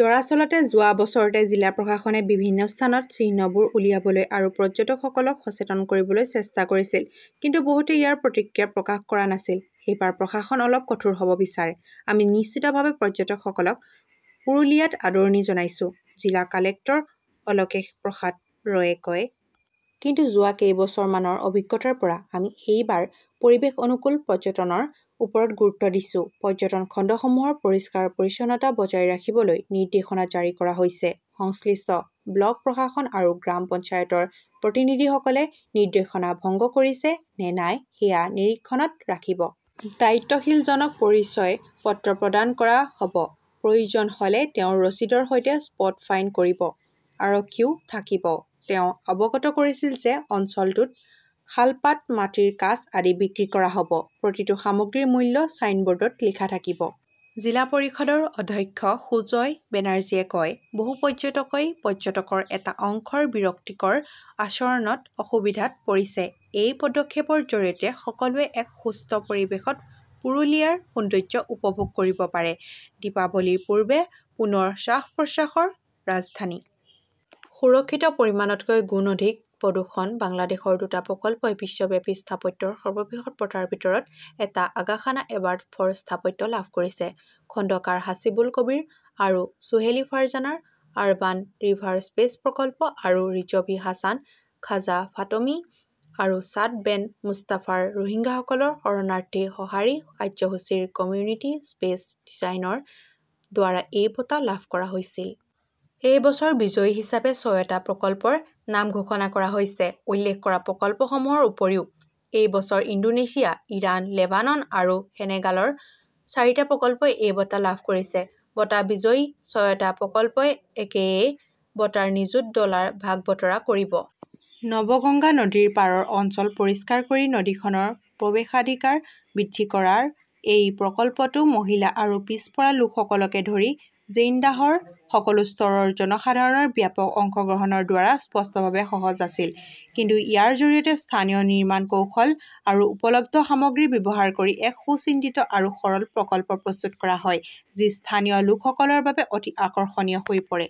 দৰাচলতে, যোৱা বছৰতে জিলা প্ৰশাসনে বিভিন্ন স্থানত চিহ্নবোৰ উলিয়াবলৈ আৰু পৰ্যটকসকলক সচেতন কৰিবলৈ চেষ্টা কৰিছিল। কিন্তু বহুতে ইয়াৰ প্ৰতিক্ৰিয়া প্ৰকাশ কৰা নাছিল। এইবাৰ প্ৰশাসন অলপ কঠোৰ হ "ব বিচাৰে। "আমি নিশ্চিতভাৱে পৰ্যটকসকলক পুৰুলিয়াত আদৰণি জনাইছো", জিলা কালেক্টৰ অলকেশ প্ৰসাদ ৰয়ে কয়। কিন্তু, যোৱা কেইবছৰমানৰ অভিজ্ঞতাৰ পৰা আমি এইবাৰ পৰিৱেশ অনুকূল পৰ্যটনৰ ওপৰত গুৰুত্ব দিছো। পৰ্যটন খণ্ডসমূহৰ পৰিষ্কাৰ-পৰিচ্ছন্নতা বজাই ৰাখিবলৈ নিৰ্দেশনা জাৰি কৰা হৈছে। সংশ্লিষ্ট ব্লক প্ৰশাসন আৰু গ্ৰাম পঞ্চায়তৰ প্ৰতিনিধিসকলে নিৰ্দেশনা ভংগ কৰিছে নে নাই সেয়া নিৰীক্ষণত ৰাখিব। দায়িত্বশীলজনক পৰিচয় পত্ৰ প্ৰদান কৰা হ "ব। প্ৰয়োজন হ "লে তেওঁ ৰচিদৰ সৈতে 'স্পট ফাইন" কৰিব। আৰক্ষীও থাকিব। "তেওঁ অৱগত কৰিছিল যে অঞ্চলটোত শালপাত, মাটিৰ কাঁচ আদি বিক্ৰী কৰা হ" ব। প্ৰতিটো সামগ্ৰীৰ মূল্য ছাইনব "ৰ্ডত লিখা থাকিব। জিলা পৰিষদৰ অধ্যক্ষ সুজয় বেনাৰ্জীয়ে কয়, "বহু পৰ্যটকই পৰ্যটকৰ এটা অংশৰ বিৰক্তিকৰ আচৰণত অসুবিধাত পৰিছে। এই পদক্ষেপৰ জৰিয়তে সকলোৱে এক সুস্থ পৰিৱেশত পুৰুলিয়াৰ সৌন্দৰ্য্য উপভোগ কৰিব পাৰে। "। দীপাৱলীৰ পূৰ্বে পুনৰ 'শ্বাস-প্ৰশ্বাস "ৰ ৰাজধানী! সুৰক্ষিত পৰিমাণতকৈ গুণ অধিক প্ৰদূষণ বাংলাদেশৰ দুটা প্ৰকল্পই বিশ্বব্যাপী স্থাপত্যৰ সৰ্ববৃহৎ বঁটাৰ ভিতৰত এটা "আগা খান এৱাৰ্ড ফৰ স্থাপত্য " লাভ কৰিছে। খণ্ডকাৰ হাছিবুল কবীৰ আৰু চুহেলি ফাৰ্জানাৰ "আৰবান ৰিভাৰ স্পেচছ প্ৰকল্প" আৰু ৰিজভি হাছান, খাজা ফাতমি আৰু ছাদ বেন মুস্তফাৰ "ৰোহিংগাসকলৰ শৰণাৰ্থী সঁহাৰি কাৰ্যসূচী" ৰ কমিউনিটি স্পেচ ডিজাইনৰ দ্বাৰা এই বঁটা লাভ কৰা হৈছিল। এই বছৰ বিজয়ী হিচাপে ছয়টা প্ৰকল্পৰ নাম ঘোষণা কৰা হৈছে। উল্লেখ কৰা প্ৰকল্পসমূহৰ উপৰিও এই বছৰ ইণ্ডোনেছিয়া, ইৰাণ, লেবানন আৰু সেনেগালৰ চাৰিটা প্ৰকল্পই এই বঁটা লাভ কৰিছে। বঁটা বিজয়ী ছয়টা প্ৰকল্পই একেএএ বঁটাৰ নিযুত ডলাৰ ভাগ-বতৰা কৰিব। নৱগঙ্গা নদীৰ পাৰৰ অঞ্চল পৰিষ্কাৰ কৰি নদীখনৰ প্ৰৱেশাধিকাৰ বৃদ্ধি কৰাৰ এই প্ৰকল্পটো মহিলা আৰু পিছপৰা লোকসকলকে ধৰি জেইনডাহৰ সকলো স্তৰৰ জনসাধাৰণৰ ব্যাপক অংশগ্ৰহণৰ দ্বাৰা স্পষ্টভাৱে সহজ আছিল। কিন্তু ইয়াৰ জৰিয়তে স্থানীয় নিৰ্মাণ কৌশল আৰু উপলব্ধ সামগ্ৰী ব্যৱহাৰ কৰি এক সুচিন্তিত আৰু সৰল প্ৰকল্প প্ৰস্তুত কৰা হয়, যি স্থানীয় লোকসকলৰ বাবে অতি আকৰ্ষণীয় হৈ পৰে।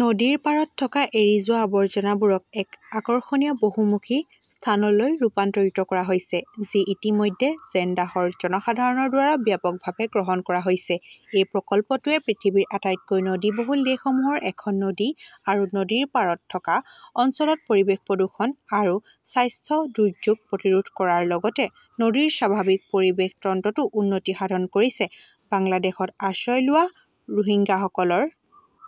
নদীৰ পাৰত থকা এৰি যোৱা আৱৰ্জনাবোৰক এক আকৰ্ষণীয় বহুমুখী স্থানলৈ ৰূপান্তৰিত কৰা হৈছে, যি ইতিমধ্যে ঝেনদাহৰ জনসাধাৰণৰ দ্বাৰা ব্যাপকভাৱে গ্ৰহণ কৰা হৈছে। এই প্ৰকল্পটোৱে পৃথিৱীৰ আটাইতকৈ নদীবহুল দেশসমূহৰ এখন নদী আৰু নদীৰ পাৰত থকা অঞ্চলত পৰিৱেশ প্ৰদূষণ আৰু স্বাস্থ্য দুৰ্যোগ প্ৰতিৰোধ কৰাৰ লগতে নদীৰ স্বাভাৱিক পৰিৱেশ তন্ত্ৰতো উন্নতি সাধন কৰিছে। বাংলাদেশত আশ্ৰয় লোৱা ৰোহিংগাসকলৰ